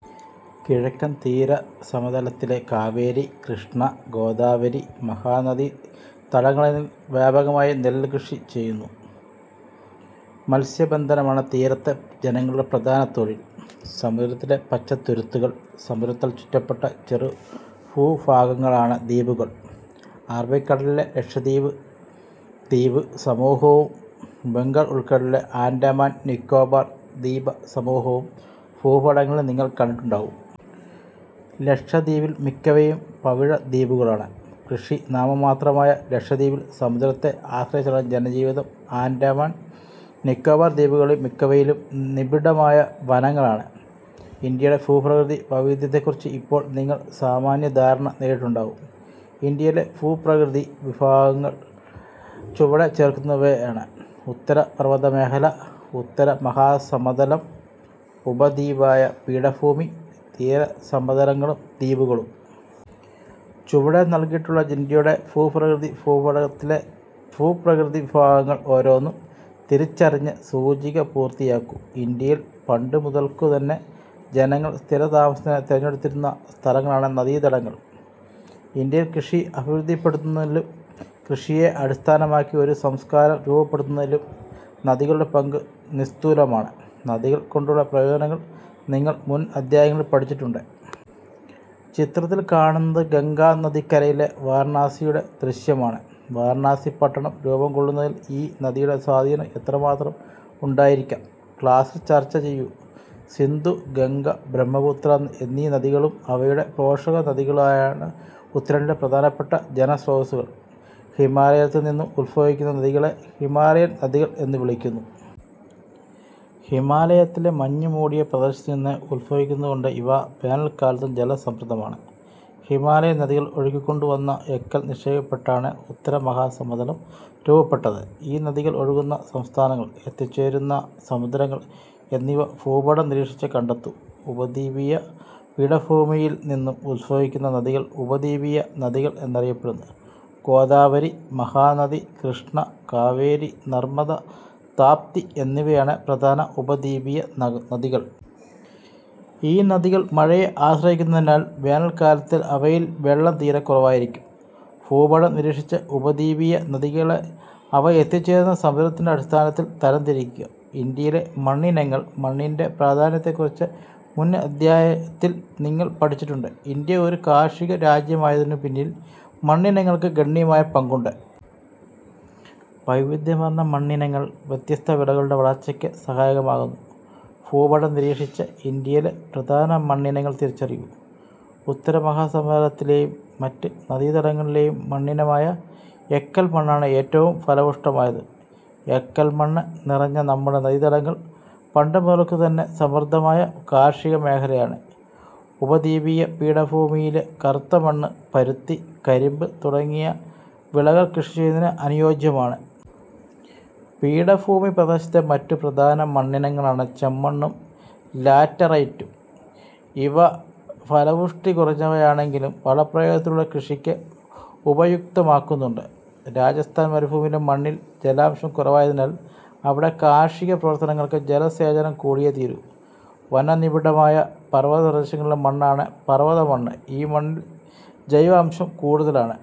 കിഴക്കൻ തീരസമതലത്തിലെ കാവേരി, കൃഷ്ണ, ഗോദാവരി, മഹാനദി തടങ്ങളിൽവ്യാപകമായി നെല്ല് കൃഷി ചെയ്യുന്നു. മത്സ്യ ബന്ധനമാണ് തീരത്തെ ജനങ്ങളുടെ പ്രധാന തൊഴിൽ. സമുദ്രത്തിലെ പച്ചത്തുരുത്തുകൾ സമുദ്രത്താൽ ചുറ്റപ്പെട്ട ചെറുഭൂഭാഗങ്ങളാണ് ദ്വീപുകൾ. അറബിക്കടലിലെ ലക്ഷദ്വീപ് ദ്വീപ് സമൂഹവും ബംഗാൾ ഉൾക്കടലിലെ ആൻഡമാൻ, നിക്കോബാർ ദ്വീപസമൂഹവും ഭൂപടങ്ങളിൽ നിങ്ങൾ കണ്ടിട്ടുണ്ടാകും. ലക്ഷദ്വീപിൽ മിക്കവയും പവിഴ ദ്വീപുകളാണ്. കൃഷി നാമ മാത്രമായ ലക്ഷദ്വീപിൽ സമുദ്രത്തെ ആശ്രയിച്ചാണ് ജനജീവിതം. ആൻഡമാൻ, നിക്കോബാർ ദ്വീപുകളിൽ മിക്കവയിലും നിബിഡമായ വനങ്ങളാണ്. ഇന്ത്യയുടെ ഭൂപ്രകൃതി വൈവിധ്യത്തെക്കുറിച്ച് ഇപ്പോൾ നിങ്ങൾ സാമാന്യധാരണ നേടിയിട്ടുണ്ടാകും. ഇന്ത്യയിലെ ഭൂപ്രകൃതി വിഭാഗങ്ങൾ ചുവടെ ചേർക്കുന്നവയാണ്. ഉത്തരപർവ്വതമേഖല, ഉത്തരമഹാസമതലം, ഉപദ്വീപീയ പീഠഭൂമി, തീരസമതലങ്ങളും ദ്വീപുകളും. ചുവടെ നൽകിയിട്ടുള്ള ഇന്ത്യയുടെ ഭൂപ്രകൃതി ഭൂപടത്തിലെ ഭൂപ്രകൃതി വിഭാഗങ്ങൾ ഓരോന്നും തിരിച്ചറിഞ്ഞ് സൂചിക പൂർത്തിയാക്കൂ. ഇന്ത്യയിൽ പണ്ടുമുതൽക്കുതന്നെ ജനങ്ങൾ സ്ഥിരതാമസത്തിന് തെരഞ്ഞെടുത്തിരുന്ന സ്ഥലങ്ങളാണ് നദീതടങ്ങൾ. ഇന്ത്യയിൽ കൃഷി അഭിവൃദ്ധിപ്പെടുന്നതിലും കൃഷിയെ അടിസ്ഥാനമാക്കി ഒരു സംസ്കാരം രൂപപ്പെടുന്നതിലും നദികളുടെ പങ്ക് നിസ്തുലമാണ്. നദികൾ കൊണ്ടുള്ള പ്രയോജനങ്ങൾ നിങ്ങൾ മുൻ അധ്യായത്തിൽ പഠിച്ചിട്ടുണ്ട്. ചിത്രത്തിൽ കാണുന്നത് ഗംഗാ നദിക്കരയിലെ വാരണാസിയുടെ ദൃശ്യമാണ്. വാരണാസി പട്ടണം രൂപം കൊള്ളുന്നതിൽ ഈ നദിയുടെ സ്വാധീനം എത്രമാത്രം ഉണ്ടായിരിക്കാം? ക്ലാസിൽ ചർച്ച ചെയ്യൂ. സിന്ധു, ഗംഗ, ബ്രഹ്മപുത്ര എന്നീ നദികളും അവയുടെ പോഷക നദികളുമാണ് ഉത്തരേന്ത്യയിലെ പ്രധാനപ്പെട്ട ജലസ്രോതസുകൾ. ഹിമാലയത്തിൽനിന്നും ഉത്ഭവിക്കുന്ന നദികളെ ഹിമാലയൻ നദികൾ എന്നു വിളിക്കുന്നു. ഹിമാലയത്തിലെ മഞ്ഞുമൂടിയ പ്രദേശത്തുനിന്ന് ഉത്ഭവിക്കുന്നതുകൊണ്ട് ഇവ വേനൽക്കാലത്തും ജലസമൃദ്ധമാണ്. ഹിമാലയൻ നദികൾ ഒഴുക്കികൊണ്ടുവന്ന എക്കൽ നിക്ഷേപിക്കപ്പെട്ടാണ് ഉത്തരമഹാസമതലം രൂപപ്പെട്ടത്. ഈ നദികൾ ഒഴുകുന്ന സംസ്ഥാനങ്ങൾ, എത്തിച്ചേരുന്ന സമുദ്രങ്ങൾ എന്നിവ ഭൂപടം നിരീക്ഷിച്ച് കണ്ടെത്തൂ. ഉപദ്വീപീയ പീഠഭൂമിയിൽ നിന്നും ഉത്ഭവിക്കുന്ന നദികൾ ഉപദ്വീപീയ നദികൾ എന്നറിയപ്പെടുന്നു. ഗോദാവരി, മഹാനദി, കൃഷ്ണ, കാവേരി, നർമ്മദ, താപ്തി എന്നിവയാണ് പ്രധാന ഉപദ്വീപീയ നദികൾ. ഈ നദികൾ മഴയെ ആശ്രയിക്കുന്നതിനാൽ വേനൽക്കാലത്ത് അവയിൽ വെള്ളം തീരെ കുറവായിരിക്കും. ഭൂപടം നിരീക്ഷിച്ച് ഉപദ്വീപീയ നദികളെ അവ എത്തിച്ചേരുന്ന സമുദ്രത്തിന്റെ അടിസ്ഥാനത്തിൽ തരം തിരിക്കുക. ഇന്ത്യയിലെ മണ്ണിനങ്ങൾ മണ്ണിന്റെ പ്രാധാന്യത്തെക്കുറിച്ച് മുൻ അധ്യായത്തിൽ നിങ്ങൾ പഠിച്ചിട്ടുണ്ട്. ഇന്ത്യ ഒരു കാർഷിക രാജ്യമായതിനുപിന്നിൽ മണ്ണിനങ്ങൾക്ക് ഗണ്യമായ പങ്കുണ്ട്. വൈവിധ്യമാർന്ന മണ്ണിനങ്ങൾ വ്യത്യസ്ത വിളകളുടെ വളർച്ചയ്ക്ക് സഹായകമാകുന്നു. ഭൂപടം നിരീക്ഷിച്ച് ഇന്ത്യയിലെ പ്രധാന മണ്ണിനങ്ങൾ തിരിച്ചറിയൂ. ഉത്തരമഹാസമതലത്തിലെയും മറ്റ് നദീതടങ്ങളിലെയും മണ്ണിനമായ എക്കൽ മണ്ണാണ് ഏറ്റവും ഫലപുഷ്ടമായത്. എക്കൽ മണ്ണ് നിറഞ്ഞ നമ്മുടെ നദീതടങ്ങൾ പണ്ടുമുതൽക്കു തന്നെ സമൃദ്ധമായ കാർഷികമേഖലയാണ്. ഉപദ്വീപീയ പീഠഭൂമിയിലെ കറുത്തമണ്ണ് പരുത്തി, കരിമ്പ് തുടങ്ങിയ വിളകൾ കൃഷി ചെയ്യുന്നതിന് അനുയോജ്യമാണ്. പീഠഭൂമി പ്രദേശത്തെ മറ്റു പ്രധാന മണ്ണിനങ്ങളാണ് ചെമ്മണ്ണും ലാറ്ററൈറ്റും. ഇവ ഫലപുഷ്ടി കുറഞ്ഞവയാണെങ്കിലും വളപ്രയോഗത്തിലൂടെ കൃഷിക്ക് ഉപയുക്തമാക്കുന്നുണ്ട്. രാജസ്ഥാൻ മരുഭൂമിയിലെ മണ്ണിൽ ജലാംശം കുറവായതിനാൽ അവിടെ കാർഷിക പ്രവർത്തനങ്ങൾക്ക് ജല സേചനം കൂടിയേ തീരൂ. വനനിബിഡമായ പർവ്വത പ്രദേശങ്ങളിലെ മണ്ണാണ് പർവത മണ്ണ്. ഈ മണ്ണിൽ ജൈവാംശം കൂടുതലാണ്.